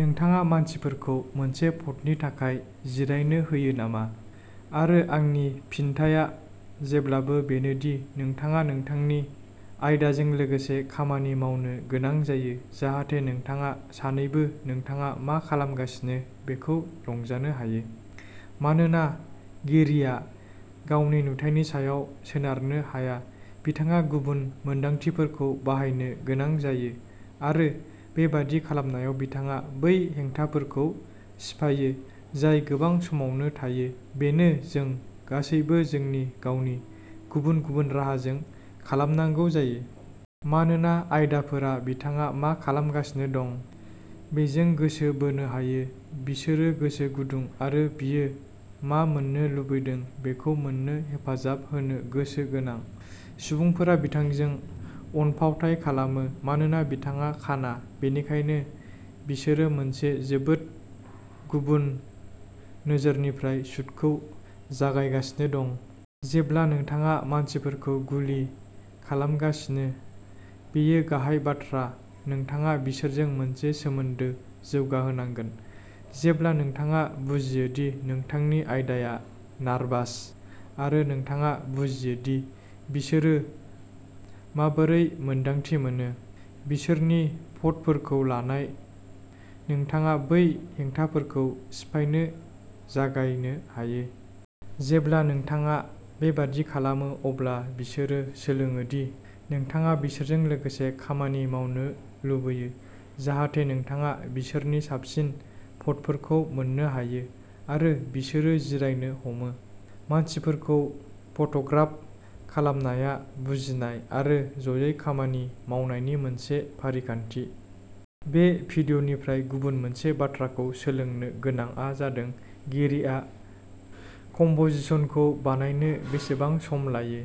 नोंथाङा मानसिफोरखौ मोनसे फट'नि थाखाय जिरायनो होयो नामा? आरो आंनि फिनथिया जेब्लाबो बेनो दि नोंथाङा नोंथांनि आयदाजों लोगोसे खामानि मावनो गोनां जायो जाहाथे नोंथाङा सानैबो नोंथाङा मा खालामगासिनो बेखौ रंजानो हायो। मानोना गेरीया गावनि नुथायनि सायाव सोनारनो हाया बिथाङा गुबुन मोनदांथिफोरखौ बाहायनो गोनां जायो आरो बेबादि खालामनायाव बिथाङा बै हेंथाफोरखौ सिफायो जाय गोबां समावनो थायो बेनो जों गासैबो जोंनि गावनि गुबुन गुबुन राहाजों खालामनांगौ जायो। मानोना आयदाफोरा बिथाङा मा खालामगासिनो दं बेजों गोसो बोनो हायो बिसोरो गोसो गुदुं आरो बियो मा मोन्नो लुबैदों बेखौ मोन्नो हेफाजाब होनो गोसो गोनां। सुबुंफोरा बिथांजों अनफावथाय खालामो मानोना बिथाङा खाना बेनिखायनो बिसोरो मोनसे जोबोद गुबुन नोजोरनिफ्राय शूटखौ जागायगासिनो दं। जेब्ला नोंथाङा मानसिफोरखौ गुलि खालामगासिनो बेयो गाहाय बाथ्रा नोंथाङा बिसोरजों मोनसे सोमोन्दो जौगाहोनांगोन। जेब्ला नोंथाङा बुजियोदि नोंथांनि आयदाया नारभास आरो नोंथाङा बुजियोदि बिसोरो माबोरै मोन्दांथि मोनो। बिसोरनि फट'फोरखौ लानाय नोंथाङा बै हेंथाफोरखौ सिफायनो जागायनो हायो। जेब्ला नोंथाङा बेबादि खालामो अब्ला बिसोरो सोलोङोदि नोंथाङा बिसोरजों लोगोसे खामानि मावनो लुबैयो जाहाथे नोंथाङा बिसोरनि साबसिन फट'फोरखौ मोन्नो हायो आरो बिसोरो जिरायनो हमो। मानसिफोरखौ फट'ग्राफ खालामनाया बुजिनाय आरो ज'यै खामानि मावनायनि मोनसे फारिखान्थि। बे भिडिय'निफ्राय गुबुन मोनसे बाथ्राखौ सोलोंनो गोनांआ जादों गेरीआ कम्प'जिशनखौ बानायनो बेसेबां सम लायो।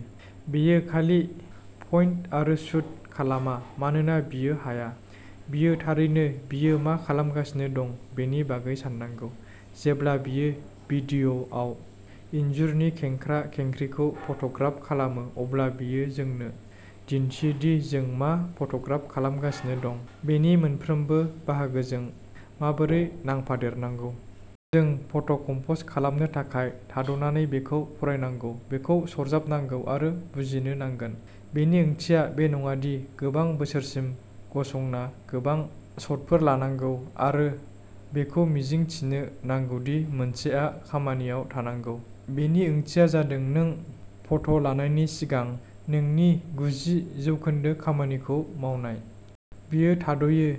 बियो खालि पइन्ट आरो शुट खालामा मानोना बियो हाया। बियो थारैनो बियो मा खालामगासिनो दं बेनि बागै साननांगौ। जेब्ला बियो भिडिय'आव इनजुरनि खेंख्रा-खेंख्रिखौ फट'ग्राफ खालामो अब्ला बियो जोंनो दिन्थियोदि जों मा फट'ग्राफ खालामगासिनो दं बेनि मोनफ्रोमबो बाहागोजों माबोरै नांफादेरनांगौ। जों फट'कम्प'ज खालामनो थाखाय थाद'नानै बेखौ फरायनांगौ बेखौ सरजाबनांगौ आरो बुजिनो नांगोन। बेनि ओंथिया बे नङादि गोबां बोसोरसिम गसंना गोबां शटफोर लानांगौ आरो बेखौ मिजिं थिनो नांगौदि मोनसेआ खामानियाव थांनांगौ। बेनि ओंथिया जादों नों फट'लानायनि सिगां नोंनि गुजि जौखोन्दो खामानिखौ मावनाय। बियो थाद'यो,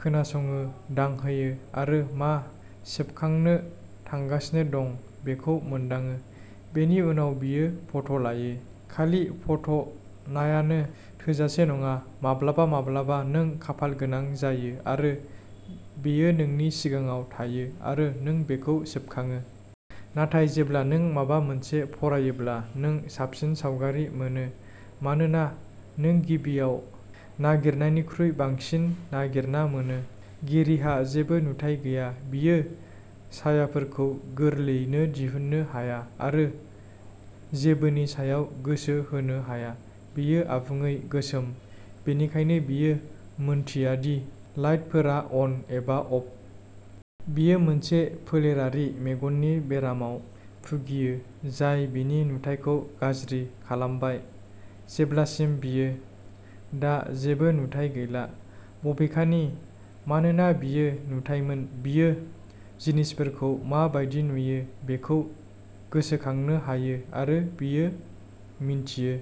खोनासङो, दांहोयो आरो मा सेबखांनो थांगासिनो दं बेखौ मोनदाङो। बेनि उनाव बियो फट'लायो। खालि फट'नायानो थोजासे नङा। माब्लाबा माब्लाबा नों खाफालगोनां जायो आरो बेयो नोंनि सिगाङाव थायो आरो नों बेखौ सेबखाङो। नाथाय जेब्लाबो नों माबा मोनसे फरायोब्ला नों साबसिन सावगारि मोनो मानोना नों गिबियाव नागिरनायनिख्रुइ बांसिन नागिरना मोनो। गेरीहा जेबो नुथाइ गैया बियो सायाफोरखौ गोरलैयैनो दिहुननो हाया आरो जेबोनि सायाव गोसो होनो हाया बेयो आबुङै गोसोम बेनिखायनो बियो मिन्थियादि लाइटफोरा अन एबा अफ। बियो मोनसे फोलेरारि मेगननि बेरामाव भुगियो जाय बिनि नुथायखौ गाज्रि खालामबाय जेब्लासिम बियो दा जेबो नुथाइ गैया। बबेखानि, मानोना बियो नुथाइमोन बियो जिनिसफोरखौ मा बायदि नुयो बेखौ गोसोखांनो हायो आरो बियो मिन्थियो।